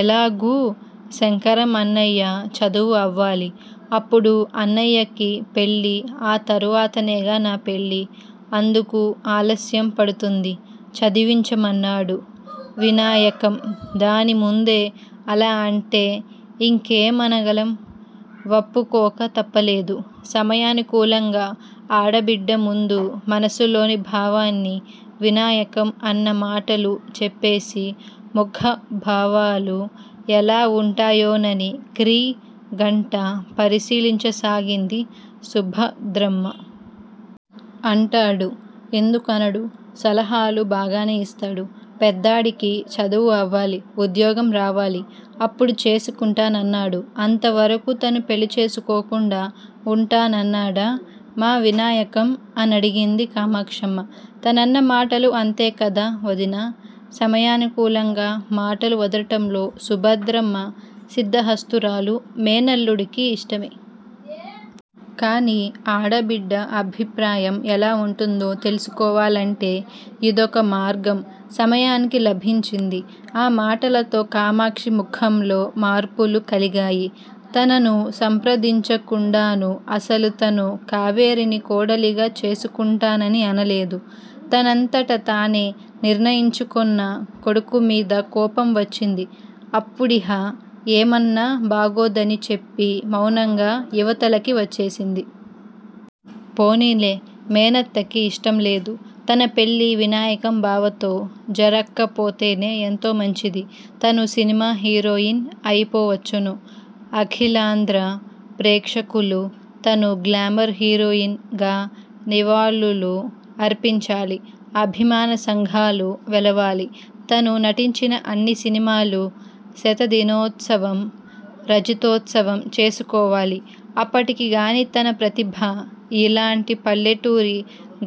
ఎలాగూ శంకరం అన్నయ్య చదువు అవ్వాలి! అప్పుడు అన్నయ్యకి పెళ్ళి ఆ తరువాతనేగా నా పెళ్ళి! అందుకు ఆలస్యంపడుతుంది చదివించమన్నాడు వినాయకం! దానిముందే అలా అంటే యింకేమనగలం? వప్పుకోక తప్పలేదు! సమయానుకూలంగా ఆడబిడ్డముందు మనసులోని భావాన్ని వినాయకం అన్న మాటలూ చెప్పేసి ముఖభావాలు ఎలా వుంటాయోనని క్రీ గంట పరిశీలించసాగింది సుభద్రమ్మ. అంటాడు! ఎందుకు అనడు? సలహాలు బాగానే ఇస్తాడు. పెద్దాడికి చదువు అవ్వాలి! ఉద్యోగం రావాలి! అప్పుడు చేసుకుంటానన్నాడు అంతవరకూ తను పెళ్ళి చేసుకోకుండా వుంటానన్నాడా మా వినాయకం! అనడిగింది కామాక్షమ్మ. తనన్న మాటలు అంతేకదా వదినా! సమయానుకూలంగా మాటలు వదలటంలో సుభద్రమ్మ సిద్దహస్తురాలు! మేనల్లుడికి యిష్టమే! కాని ఆడబిడ్డ అభిప్రాయం ఎలా వుంటుందో తెలుసుకోవాలంటే యిదొక మార్గం సమయానికి లభించింది! ఆ మాటలతో కామాక్షి ముఖంలో మార్పులు కలిగాయి తనను సంప్రదించకుండాను అసలు తను కావేరిని కోడలిగా చేసుకుంటానని అనలేదు! తనంతట తానే నిర్ణయించుకున్న కొడుకుమీద కోపం వచ్చింది అప్పుడిహ ఏమన్నా బాగోదని చెప్పి మౌనంగా యివతలకి వచ్చేసింది. పోనీలే! మేనత్తకి యిష్టంలేదు! తన పెళ్ళి వినాయకం బావతో జరక్కపోతేనే ఎంతోమంచిది! తను సినిమా హీరోయిన్ అయిపోవచ్చును! అఖిలాంధ్ర ప్రేక్షకులు తను గ్లామర్ హీరోయిన్ గా నివాళులు అర్పించాలి! అభిమానసంఘాలు వెలవాలి! తను నటించిన అన్ని సినిమాలూ శతదినోత్సవం, రజితోత్సవం చేసుకోవాలి! అప్పటికిగాని తన ప్రతిభ యిలాంటి పల్లెటూరి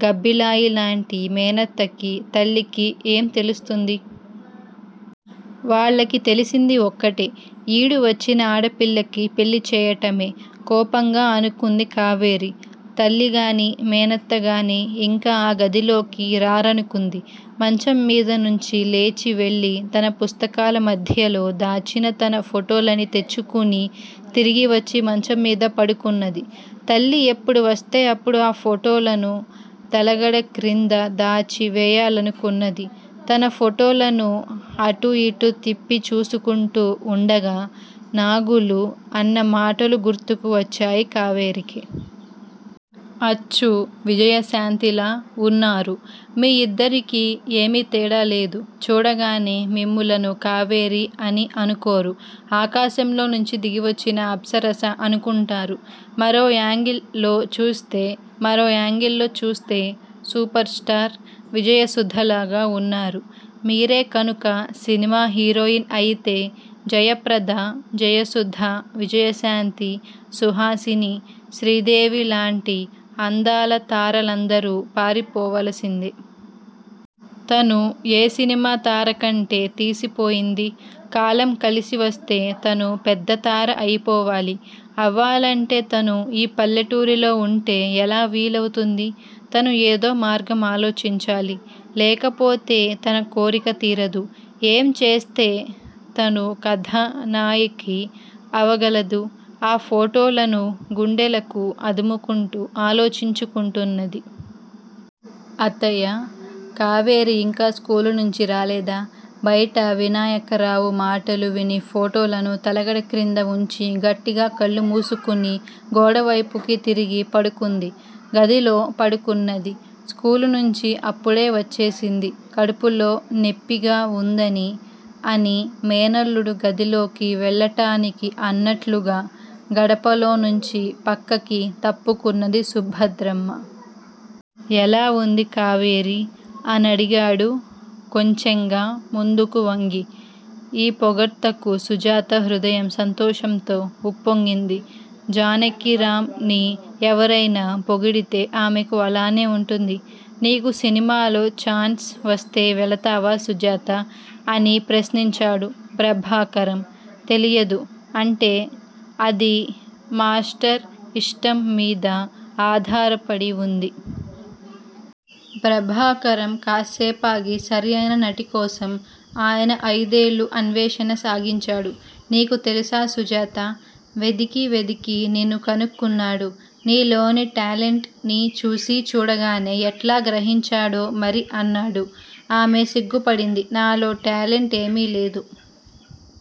గబ్బిలాయిలాంటి మేనత్తకి తల్లికి ఏం తెలుస్తుంది? వాళ్ళకి తెలిసింది ఒక్కటే! ఈడు వచ్చిన ఆడపిల్లకి పెళ్ళి చేయటమే! కోపంగా అనుకుంది కావేరి! తల్లిగాని, మేనత్తగాని యింక ఆ గదిలోకి రారనుకుంది మంచం మీదనుంచి లేచి వెళ్ళి తన పుస్తకాల మధ్యలో దాచిన తన ఫోటోలని తెచ్చుకుని తిరిగివచ్చి మంచంమీద పడుకున్నది. తల్లి ఎప్పుడు వస్తే అప్పుడు ఆ ఫోటోలను తలగడక్రింద దాచి వేయాలనుకున్నది తన ఫోటోలను అటుయిటు తిప్పి చూసుకుంటూ వుండగా నాగులు అన్న మాటలు గుర్తుకు వచ్చాయి కావేరికి! అచ్చు విజయశాంతిలా వున్నారు మీ యిద్దరికీ ఏమీ తేడా లేదు! చూడగానే మిమ్ములను కావేరి అని అనుకోరు! ఆకాశంలో నుంచి దిగి వచ్చిన అప్సరస అనుకుంటారు! మరో యాంగిల్ లో చూస్తే మరో యాంగిల్ లో చూస్తే సూపర్ స్టార్ విజయసుధలాగా వున్నారు. మీరే కనుక సినిమా హీరోయిన్ అయితే జయప్రద జయసుధ, విజయశాంతి, సుహాసిని, శ్రీదేవి లాంటి అందాలతారలందరూ పారిపోవలసిందే! తను ఏ సినిమాతారకంటే తీసిపోయింది? కాలం కలిసివస్తే తను పెద్దతార అయిపోవాలి! అవ్వాలంటే తను ఈ పల్లెటూరిలో వుంటే ఎలా వీలవుతుంది? తను ఏదో మార్గం ఆలోచించాలి! లేకపోతే తన కోరిక తీరదు! ఏం చేస్తే తను కథానాయకి అవగలదు? ఆ ఫోటోలను గుండెలకు అదుముకుంటూ ఆలోచించుకుంటున్నది! అత్తయ్యా! కావేరి యింకా స్కూలునుంచి రాలేదా? బైట వినాయకరావు మాటలు విని ఫోటోలను తలగడక్రింద వుంచి గట్టిగా కళ్ళు మూసుకుని గోడవైపుకి తిరిగి పడుకుంది. గదిలో పడుకున్నది. స్కూలునుంచి అప్పుడే వచ్చేసింది కడుపులో నెప్పిగా వుందని! అని మేనల్లుడు గదిలోకి వెళ్ళటానికి అన్నట్లుగా గడపలోనుంచి పక్కకి తప్పుకున్నది సుభద్రమ్మ. ఎలావుంది కావేరీ! అనడిగాడు కొంచెంగా ముందుకు వంగి. ఈ పొగడ్తకు సుజాత హృదయం సంతోషంతో ఉప్పొంగింది. జానకిరాంని ఎవరైనా పొగిడితే ఆమెకు అలానే వుంటుంది. నీకు సినిమాలో చాన్స్ వస్తే వెళతావా సుజాతా? అని ప్రశ్నించాడు ప్రభాకరం. తెలియదు. అంటే? అది మాష్టర్ యిష్టంమీద ఆధారపడి వుంది. ప్రభాకరం కాస్సేపాగి సరియైన నటికోసం ఆయన అయిదేళ్ళు అన్వేషణ సాగించాడు. నీకు తెలుసా సుజాతా? వెదికి వెదికి నిన్ను కనుక్కున్నాడు. నీ లోని టాలెంట్ ని చూసీ చూడగానే ఎట్లా గ్రహించాడో మరి అన్నాడు. ఆమె సిగ్గుపడింది నాలో టాలెంట్ ఏమీలేదు.